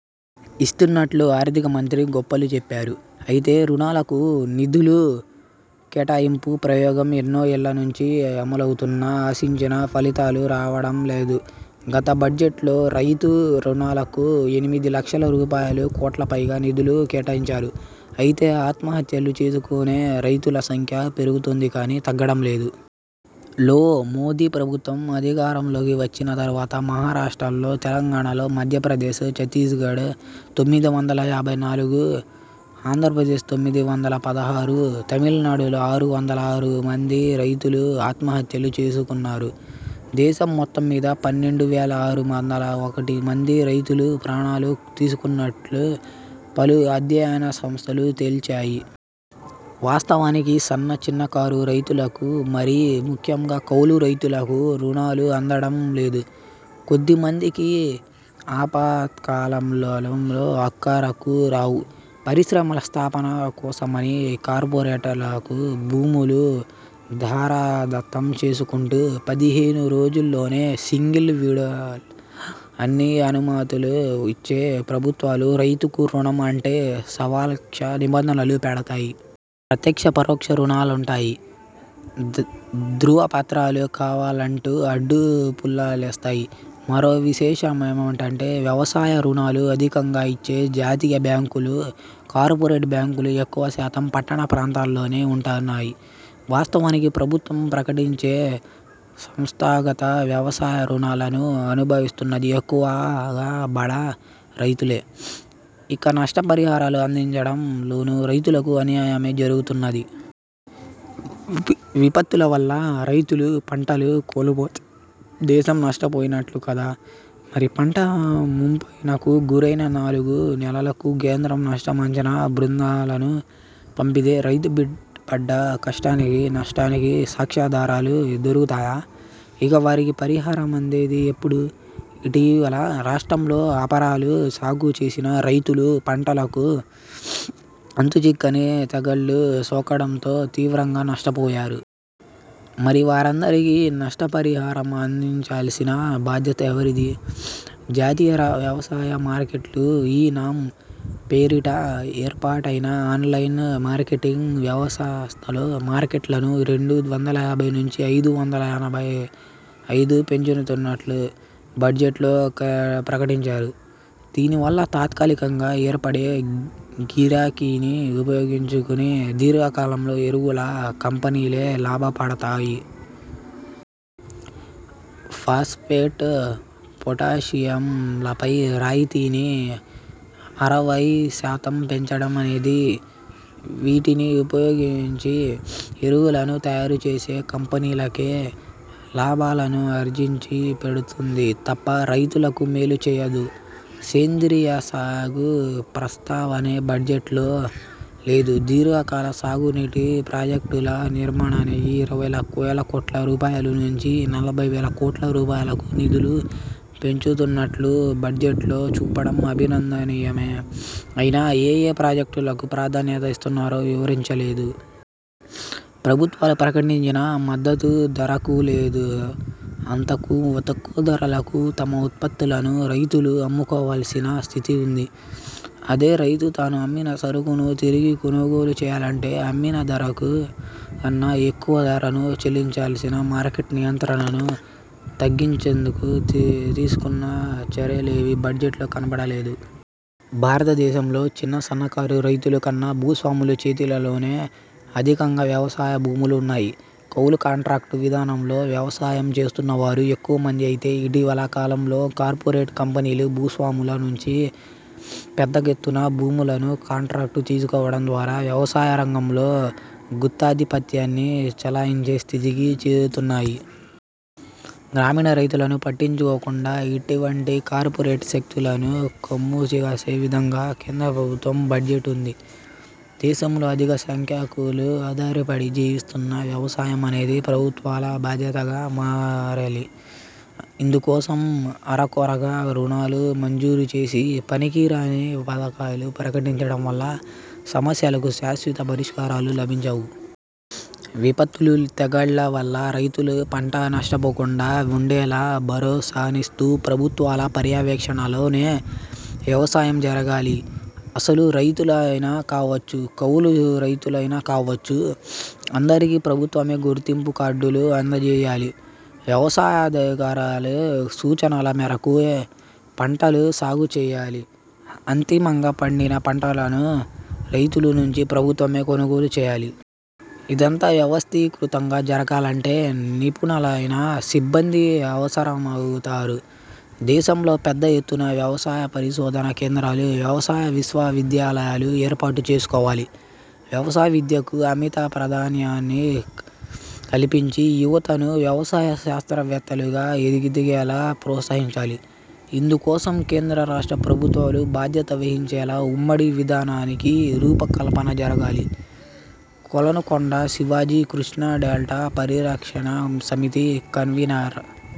ఇస్తున్నట్లు ఆర్థికమంత్రి గొప్పలు చెప్పారు. అయితే రుణాలకు నిధుల కేటాయింపు ప్రయోగం ఎన్నో ఏళ్ల నుంచి అమలవుతున్నా ఆశించిన ఫలితాలు రావడం లేదు. గత బడ్జెట్లో రైతు రుణాలకు ఎనిమిది లక్షల రూపాయలు కోట్లపైగా నిధులు కేటాయించారు. అయితే ఆత్మహత్యలు చేసుకునే రైతుల సంఖ్య పెరుగుతోంది కానీ తగ్గడం లేదు. లో మోదీ ప్రభుత్వం అధికారంలోకి వచ్చిన తరువాత మహారాష్ట్రలో, తెలంగాణలో, మధ్యప్రదేశ్, ఛత్తీస్గఢ్ తొమ్మిది వందల యాభై నాలుగు, ఆంధ్రప్రదేశ్- తొమ్మిది వందల పదహారు, తమిళనాడులో ఆరు వందల ఆరు మంది రైతులు ఆత్మహత్యలు చేసుకున్నారు. దేశం మొత్తం మీద పన్నెండు వేల ఆరు వందల ఒకటి మంది రైతులు ప్రాణాలు తీసుకున్నట్లు పలు అధ్యయన సంస్థలు తేల్చాయి. వాస్తవానికి సన్న చిన్నకారు రైతులకు, మరీ ముఖ్యంగా కౌలు రైతులకు రుణాలు అందడం లేదు. కొద్దిమందికి ఆపత్కాలంలో అక్కరకు రావు. పరిశ్రమల స్థాపన కోసమని కార్పొరేట్లకు భూములు ధారాదత్తం చేసుకుంటూ పదిహేను రోజుల్లోనే సింగిల్ విండోలో అన్ని అనుమతులు ఇచ్చే ప్రభుత్వాలు రైతుకు రుణం అంటే సవాలక్ష నిబంధనలు పెడతాయి. ప్రత్యక్ష, పరోక్ష రుణాలంటాయి. ధ్రువపత్రాలు కావాలంటూ అడ్డు పుల్లలేస్తాయి. మరో విశేషమేమంటే వ్యవసాయ రుణాలు అధికంగా ఇచ్చే జాతీయ బ్యాంకులు, కార్పొరేట్ బ్యాంకులు ఎక్కువ శాతం పట్టణ ప్రాంతాల్లోనే ఉంటున్నాయి. వాస్తవానికి ప్రభుత్వం ప్రకటించే సంస్థాగత వ్యవసాయ రుణాలను అనుభవిస్తున్నది ఎక్కువగా బడా రైతులే. ఇక నష్ట పరిహారాలు అందించడం లోనూ రైతులకు అన్యాయమే జరుగుతున్నది. విపత్తుల వల్ల రైతులు పంటలు కోల్పోతే దేశం నష్ట పోయినట్లు కాదా? మరి పంట ముంపునకు గురైన నాలుగు నెలలకు కేంద్రం నష్టం అంచనా బృందాలను పంపితే రైతు పడ్డ కష్టానికి, నష్టానికి సాక్ష్యాధారాలు దొరుకుతాయా? ఇక వారికి పరిహారం అందేది ఎప్పుడు? ఇటీవల రాష్ట్రంలో అపరాలు సాగు చేసిన రైతులు పంటకు అంతు చిక్కని తెగుళ్లు సోకడంతో తీవ్రంగా నష్టపోయారు. మరి వారందరికీ నష్టపరిహారం అందించాల్సిన బాధ్యత ఎవరిది? జాతీయ వ్యవసాయ మార్కెట్లు 'ఈ నామ్' పేరిట ఏర్పాటైన ఆన్లైన్ మార్కెటింగ్ వ్యవస్థలో మార్కెట్లను రెండు వందల యాభై నుంచి ఐదు వందల ఎనభై ఐదు పెంచుతున్నట్లు బడ్జెట్లో ప్రకటించారు. దీనివల్ల తాత్కాలికంగా ఏర్పడే గిరాకీని ఉపయోగించుకుని దీర్ఘకాలంలో ఎరువుల కంపెనీలే లాభపడతాయి. ఫాస్ఫేట్, పొటాషియంలపై రాయితీని అరవైశాతం పెంచడం అనేది, వీటిని ఉపయోగించి ఎరువులను తయారుచేసే కంపెనీలకే లాభాలను ఆర్జించి పెడుతుంది తప్ప రైతులకు మేలు చేయదు. సేంద్రియసాగు ప్రస్తావనే బడ్జెట్లో లేదు. దీర్ఘకాల సాగునీటి ప్రాజెక్టుల నిర్మాణానికి ఇరవై వేల కోట్ల రూపాయలు నుంచి నలభై వేల కోట్ల రూపాయలకు నిధులు పెంచుతున్నట్లు బడ్జెట్లో చూపడం అభినందనీయమే అయినా, ఏఏ ప్రాజెక్టులకు ప్రాధాన్యత ఇస్తున్నారో వివరించలేదు. ప్రభుత్వాలు ప్రకటించిన మద్దతు ధరకు లేదా అంతకు తక్కువ ధరలకు తమ ఉత్పత్తులను రైతులు అమ్ముకోవాల్సిన స్థితి ఉంది. అదే రైతు తాను అమ్మిన సరకును తిరిగి కొనుగోలు చేయాలంటే అమ్మినధర కన్నా ఎక్కువ ధరను చెల్లించాల్సిన మార్కెట్ నియంత్రణను తగ్గించేందుకు తీసుకున్న చర్యలేవీ బడ్జెట్లో కనబడలేదు. భారతదేశంలో చిన్న, సన్నకారు రైతులు కన్నా భూస్వాముల చేతిలోనే అధికంగా వ్యవసాయ భూములు ఉన్నాయి. కౌెలు, కాంట్రాక్టు విధానంలో వ్యవసాయం చేస్తున్నవారు ఎక్కువమంది. అయితే ఇటీవల కాలంలో కార్పొరేట్ కంపెనీలు భూస్వాముల నుంచి పెద్ద ఎత్తున భూములను కాంట్రాక్టు తీసుకోవడం ద్వారా వ్యవసాయ రంగంలో గుత్తాధిపత్యాన్ని చలాయించే స్థితికి చేరుతున్నాయి. గ్రామీణ రైతులను పట్టించుకోకుండా ఇటువంటి కార్పొరేట్ శక్తులకు కొమ్ముకాసే విధంగా కేంద్రప్రభుత్వ బడ్జెట్ ఉంది. దేశంలో అధిక సంఖ్యాకులు ఆధారపడి జీవిస్తున్న వ్యవసాయం అనేది ప్రభుత్వాల బాధ్యతగా మారాలి. ఇందుకోసం అరకొరగా రుణాలు మంజూరు చేసి, పనికిరాని పథకాలను ప్రకటించడం వల్ల సమస్యలకు శాశ్వత పరిష్కారాలు లభించవు. విపత్తులు, తెగుళ్ల వల్ల రైతులు పంట నష్టపోకుండా వుండేలా భరోసానిస్తూ ప్రభుత్వాల పర్యవేక్షణలోనే వ్యవసాయం జరగాలి. అసలు రైతులైనా కావచ్చు, కౌలు రైతులైనా కావచ్చు అందరికీ ప్రభుత్వమే గుర్తింపు కార్డులు అందజేయాలి. వ్యవసాయాధికారుల సూచనల మేరకే పంటలు సాగు చేయాలి. అంతిమంగా పండిన పంటను రైతుల నుంచి ప్రభుత్వమే కొనుగోలు చేయాలి. ఇదంతా వ్యవస్థీకృతంగా జరగాలంటే నిపుణులైన సిబ్బంది అవసరమవుతారు. దేశంలో పెద్ద ఎత్తున వ్యవసాయ పరిశోధన కేంద్రాలు, వ్యవసాయ విశ్వవిద్యాలయాలు ఏర్పాటు చేసుకోవాలి. వ్యవసాయ విద్యకు అమిత ప్రాధాన్యాన్ని కల్పించి యువతను వ్యవసాయ శాస్త్రవేత్తలుగా ఎదిగేలా ప్రోత్సహించాలి. ఇందుకోసం కేంద్రరాష్ట్ర ప్రభుత్వాలు బాధ్యత వహించేలా ఉమ్మడి విధానానికి రూపకల్పన జరగాలి. కొలనుకొండ శివాజీ కృష్ణాడెల్టా పరిరక్షణ సమితి కన్వీనర్